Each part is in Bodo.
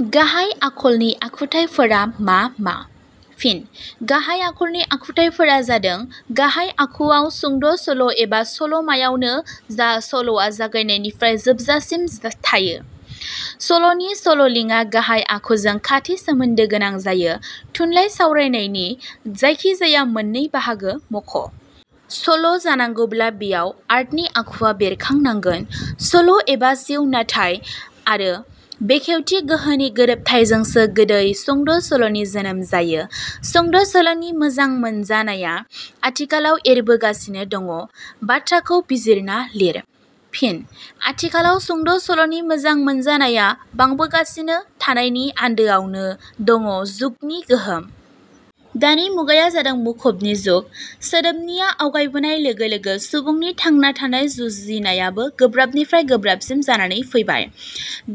गाहाइ आखलनि आखुथाइफोरा मा मा? फिन: गाहाइ आखलनि आखुथाइफोरा जादों गाहाइ आखुअव सुंद' सल' एबा सल 'मायावनो जा सल'आ जागायनायनिफ्राय जोबजासिम थायो। सल'नि सल'लिंआ गाहाइ आखुजों खाथि सोमोन्दो गोनां जायो। थुनलाइ सावरायनायनि जायखि जाया मोननै बाहागो मख'। सल' जानांगौब्ला बेयाव आर्टनि आखुवा बेरखांनांगोन। सल' एबा जिउ नाथाय आरो बेखेवथि गोहोनि गोरोबथायजोंसो गोदै सुंद' सल 'नि जोनोम जायो। "सुंद' सल 'नि मोजां मोनजानाया आथिखालाव एरबोगासिनो दं"- बाथ्राखौ बिजिरना लिर। फिन: आथिखालाव सुंद' सल'नि मोजां मोनजानाया बांबोगासिनो थानायनि आन्दोआवनो दं जुगनि गोहोम। दानि मुगाया जादों मुखुबनि जुग। सोदोबनिया आवगायबोनाय लोगो लोगो सुबुंनि थांना थानाय जुजिनायाबो गोब्राबनिफ्राय गोब्राबसिन जानानै फैबाय।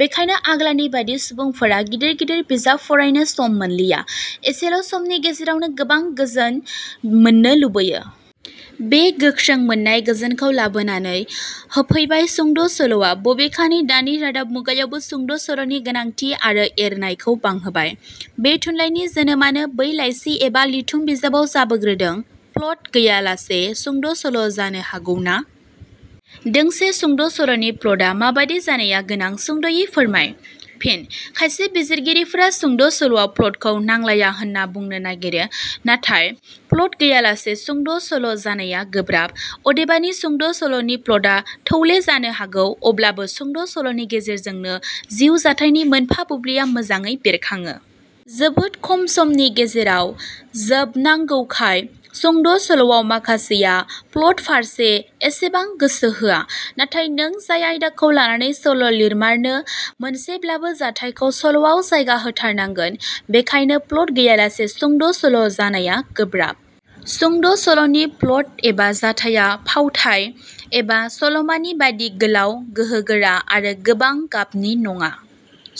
बेखायनो आग्लानि बादि सुबुंफोरा गिदिर गिदिर बिजाब फरायनो सम मोनलिया, एसेल समनि गेजेरावनो गोबां गोजोन मोननो लुबैयो। बे गोख्रै मोननाय गोजोनखौ लाबोनानै होफैबाय सुंद' सल'आ। बबेखानि दानि रादाब मुगायावबो सुंद' सल 'नि गोनांथि आरो एरनायखौ बांहोबाय। बे थुनलाइनि जोनोमानो बै लाइसि एबा लिरथुम बिजाबाव जाबोग्रोदों। प्लट गैयालासे सुंद' सल' जानो हागौना? दोंसे सुंद' सल 'नि प्लटआ माबादि जानाया गोनां सुंद 'यै फोरमाय। फिन: खायसे बिजिरगिरिफोरा सुंद' सल'आव प्लटखौ नांलाया होनना बुंनो नागिरो। नाथाय प्लेट गैयालासे सुंद' सल' जानाया गोबाब। अदेबानि सुंद' सल 'नि प्लटआ थौले जानो हागौ अब्लाबो सुंद' सल 'नि गेजेरजोंनो जिउ जाथाइनि मोनफा बुब्लिया मोजाङै बेरखाङो। जोबोद खम समनि गेजेराव जोबनांगौखाय सुंद' सल'आव माखासेया प्लटन फारसे एसेबां गोसो होआ। नाथाय नों जाय आयदाखौ लानानै सल' लिरामानो मोनसेब्लाबो जाथाइखौ सल 'आव जायगा होथारनांगोन। बेखायनो प्लट गैयालासे सुंद' सल' जानाया गोब्राब। सुंद' सल'नि प्लट एबा जाथाइया फावथाइ एबा' सलमानि बादि गोलाव गोहोगोरा आरो गोबां गाबनि नङा।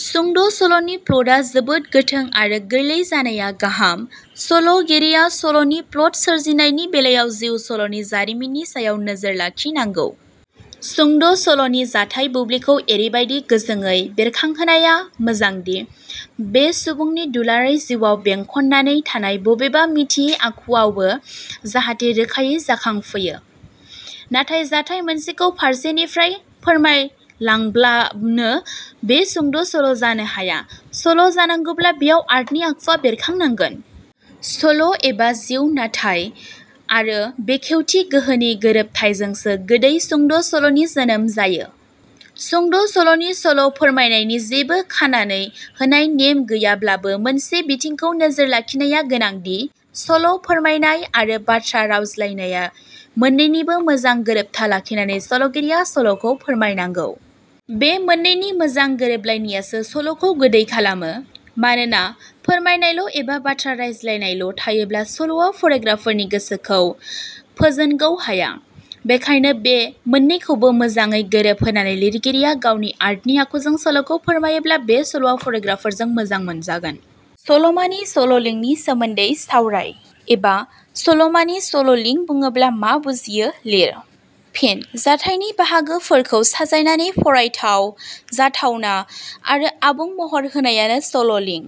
सुंद' सल'नि प्लटआ जोबोर गोथों आरो गोरलै जानाया गाहाम। सल 'गिरिया सल 'नि प्लट सोरजिनायनि बेलायाव जिउ सल'नि जारिमिननि सायाव नोजोर लाखिनांगौ। सुंद' सल'नि जाथाइ बुब्लिखौ एरैबादि गोजोङै बेरखांहोनाया मोजांदि बें सुबुनि दुलाराय जिउवाव बेंखननानै थानाय बबेबा मिथियै आखुवाबो जाहाथे रोखायै जाखांफैयो। नाथाय जाथाइ मोनसेखौ फारसे निफ्राय फ़ोरमायलांब्लानो बे सुंद' सल' जानो हाया। सल' जानांगौब्ला बेयाव आर्टनि आखुवा बेरखांनांगोन। सल' एबा जिउ नाथाय आरो बेखेवथि गोहोनि गोरोबथायजोंसो गोदै सुंद' सल 'नि जोनोम जायो। सुंद' सल'नि सल' फोरमायनायनि जेबो खानानै होनाय नेम गैयाब्लाबो मोनसे बिथिंखौ नोजोर लाखिनाया गोनांदि- सल' फोरमायनाय आरो बाथ्रा सावरायज्लायनाय मोननैनिबो मोजां गोरोबथा लाखिनानै 'सल'गिरिया सल 'खौ फोरमायनांगौ। बे मोननैनि मोजां गोरोबलायनायासो सल 'खौ गोदै खालामो। मानोना फोरमायनायल' एबा बाथ्रा 'रायज्लायनायल' थायोब्ला सल'वा फरायग्राफोरनि गोसोखौ फोजोनगौ हाया। बेखायनो बे मोननैखौबो मोजाङै गोरोब होनानै लिरगिरिया गावनि आर्टनि आखुजों सल'खौ फोरमायोब्ला बे सल'आ फरायग्राफोरजों मोजां मोनजागोन। सलमानि सल 'लिंनि सोमोन्दै सावराय। "एबा' सलमानि सल 'लिं बुडोब्ला मा बुजियो लिर। फिन: जाथाइनि बाहागोफोरखौ साजायनानै फरायथाव, जाथावना आरो आबुं महर होनायानो सल 'लिं।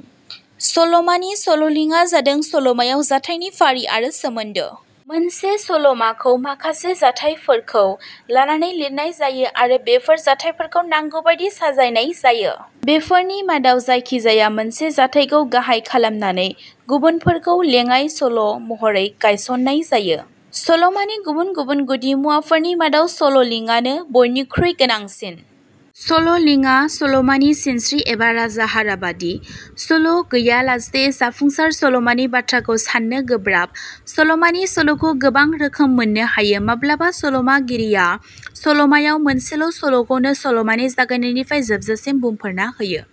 सल'मानि सल 'लिंआ जादों सल 'मायाव जाथाइनि फारि आरो सोमोन्दो। मोनसे सल 'माखौ माखासे जाथाइफोरखौ लानानै लिरनाय जायो आरो बेफोर जाथाइफोरखौ नांगौबादि साजायनाय जायो। बेफोरनि मादाव जायखि-जाया मोनसे जाथाइखौ गाहाइ खालामनानै गुबुनफोरखौ लेङाइ सल' महरै गायसननाय जायो। सलमानि गुबुन गुबुन गुदिमुवाफोरनि मादाव सल 'लिङानो बयनिख्रुइ गोनांसिन। सल 'लिङा सलमानि सिनस्रि एबा राजाहाराबादि। सल' गैयालासे जाफुंसार सलमानि बाथ्राखौ साननो गोब्राब। सल'मानि सल'खौ गोबां रोखोम मोननो हायो। 'माब्लाबा सल'मागिरिया सल'मायाव मोनसेल' सल 'खौनो सलमानि जागायनायनिफ्राय जोबजासिम बुंफोरना होयो।